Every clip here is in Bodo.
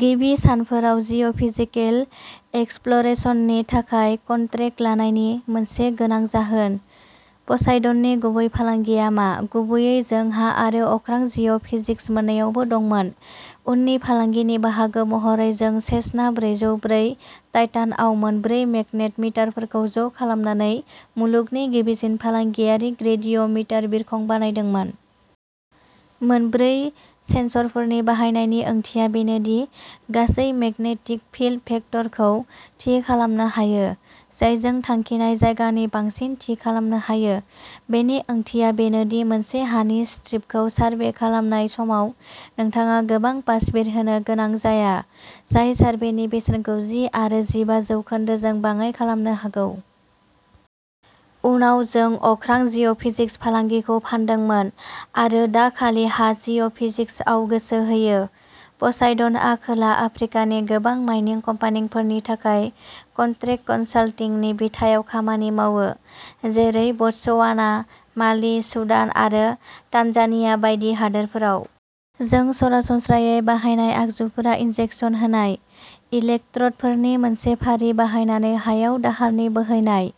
गिबि सानफोराव जिअ'फिजिकेल एक्सप्ल'रेसननि थाखाय कन्ट्रेक्ट लानायनि मोनसे गोनां जाहोन। प'साइडननि गुबै फालांगिया मा? गुबैयै जों हा आरो अख्रां जिअ' फिजिक्स मोन्नैआवबो दंमोन। उननि फालांगिनि बाहागो महरै जों सेसना ब्रैजौ ब्रै टाइटानआव मोनब्रै मेगनेट मिटारफोरखौ ज' खालामनानै मुलुगनि गिबिसिन फालांगियारि ग्रेडिय' मिटार बिरखं बानायदोंमोन। मोनब्रै सेन्स'रफोरनि बाहायनायनि ओंथिया बेनो दि गासै मेगनेटिक फील्ड भेक्टरखौ थि खालामनो हायो, जायजों थांखिनाय जायगानि बांसिन थि खालामनो हायो। बेनि ओंथिया बेनो दि मोनसे हानि स्ट्रिपखौ सारभे खालामनाय समाव नोंथाङा गोबां पास बिरहोनो गोनां जाया, जाय सार्भेनि बेसेनखौ जि आरो जिबा जौखोनदोजों बाङाइ खालामनो हागौ। उनाव जों अख्रां जिअ'फिजिक्स फालांगिखौ फानदोंमोन आरो दा खालि हा जिअ' फिजिक्सआव गोसो होयो। प'साइडनआ खोला आफ्रिकानि गोबां माइनिं कम्पानिफोरनि थाखाय कन्ट्रेक्ट कनसाल्टिंनि बिथायाव खामानि मावो, जेरै बत्सवाना, माली, सुदान आरो तान्जानिया बायदि हादोरफोराव। जों सरासनस्रायै बाहायनाय आगजुफोरा इन्जेक्सन होनाय। इलेक्ट्र'डफोरनि मोनसे फारि बाहायनानै हायाव दाहारनि बोहैनाय।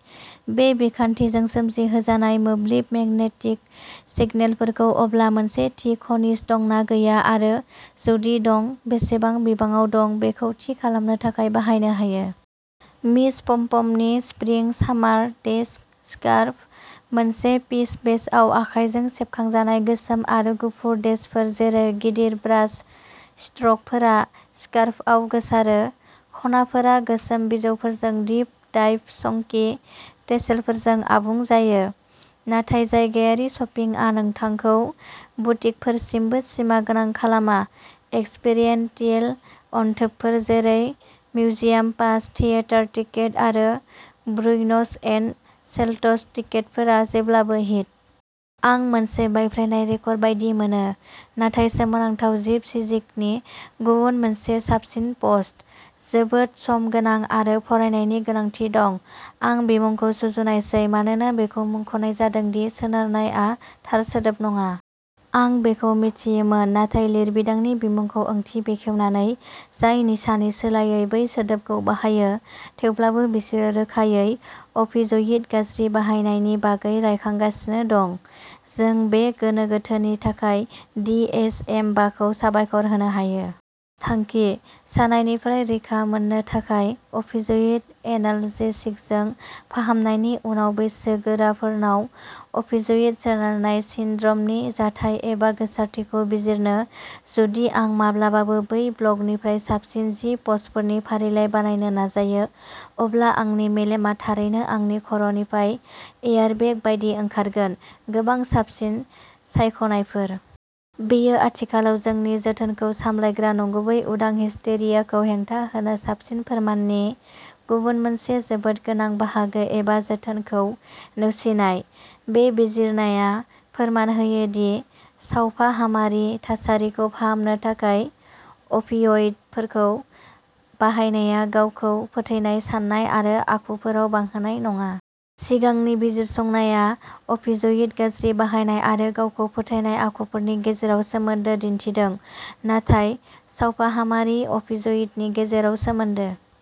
बे बिखान्थिजों सोमजिहोजानाय मोब्लिब मेगनेटिक सिगनेलफोरखौ अब्ला मोनसे थि खनिज दं ना गैया आरो, जुदि दं, बेसेबां बिबाङाव दं बेखौ थि खालामनो थाखाय बाहायनो हायो। मिस पमपमनि स्प्रिं सामार डेश स्कार्फ। मोनसे पीच बेसआव आखाइजों सेबखांजानाय, गोसोम आरो गुफुर डेशफोर जेरै गिदिर ब्रास स्ट्रकफोरा स्कार्फआव गोसारो। खनाफोरा गोसोम बिजौफोरजों डिप डाइड चंकी टेसेलफोरजों आबुं जायो। नाथाय जायगायारि शपिंआ नोंथांखौ बुटिकफोरसिमबो सिमागोनां खालामा एक्सपेरिएन्टियेल अनथोबफोर जेरै मिउजियाम पास, थियेटार टिकेट, आरो ब्रुइनस एन्ड सेल्टस टिकेटफोरा जेब्लाबो हिट! आं मोनसे बायफ्लेनाय रेकर्ड बायदि मोनो, नाथाय सोमोनांथाव जिप सिजिकनि गुबुन मोनसे साबसिन पस्ट। जोबोद सम गोनां आरो फरायनायनि गोनांथि दं। आं बिमुंखौ सुजुनायसै मानोना बेखौ मुंख'नाय जादों दि "सोनारनाय" आ थार सोदोब नङा। आं बेखौ मिथियोमोन नाथाय लिरबिदांनि बिमुंखौ ओंथि बेखेवनानै, जाय निसानि सोलायै बै सोदोबखौ बाहायो, थेवब्लाबो बिसोरो रोखायै अफिय'इड गाज्रि बाहायनायनि बागै रायखांगासिनो दं। जों बे गोनो गोथोनि थाखाय दि एस एम बाखौ साबायखर होनो हायो। थांखिः सानायनिफ्राय रैखा मोननो थाखाय अफिय'इड एनाल्जेसिकजों फाहामनायनि उनाव बैसोगोराफोरनाव अफिय'इड सोनारनाय सिनड्रमनि जाथाय एबा गोसारथिखौ बिजिरनो। जुदि आं माब्लाबाबो बे ब्लगनिफ्राय साबसिन जि पस्टफोरनि फारिलाइ बानायनो नाजायो, अब्ला आंनि मेलेमआ थारैनो आंनि खर'निफ्राय एयारबेग बायदि ओंखारगोनः गोबां साबसिन सायख'नायफोर। बेयो आथिखालाव जोंनि जोथोनखौ सामलायग्रा नंगुबै उदां हिस्टेरियाखौ हेंथा होनो साबसिन फोरमाननि गुबुन मोनसे जोबोद गोनां बाहागो एबा जोथोनखौ नेवसिनाय। बे बिजिरनाया फोरमान होयो दि सावफाहामारि थासारिखौ फाहामनो थाखाय अफिय'इडफोरखौ बाहायनाया गावखौ फोथैनाय साननाय आरो आखुफोराव बांहोनाय नङा। सिगांनि बिजिरसंनाया अफिय'इड गाज्रि बाहायनाय आरो गावखौ फोथैनाय आखुफोरनि गेजेराव सोमोन्दो दिन्थिदों, नाथाय सावफाहामारि अफिय'इडनि गेजेराव सोमोन्दो।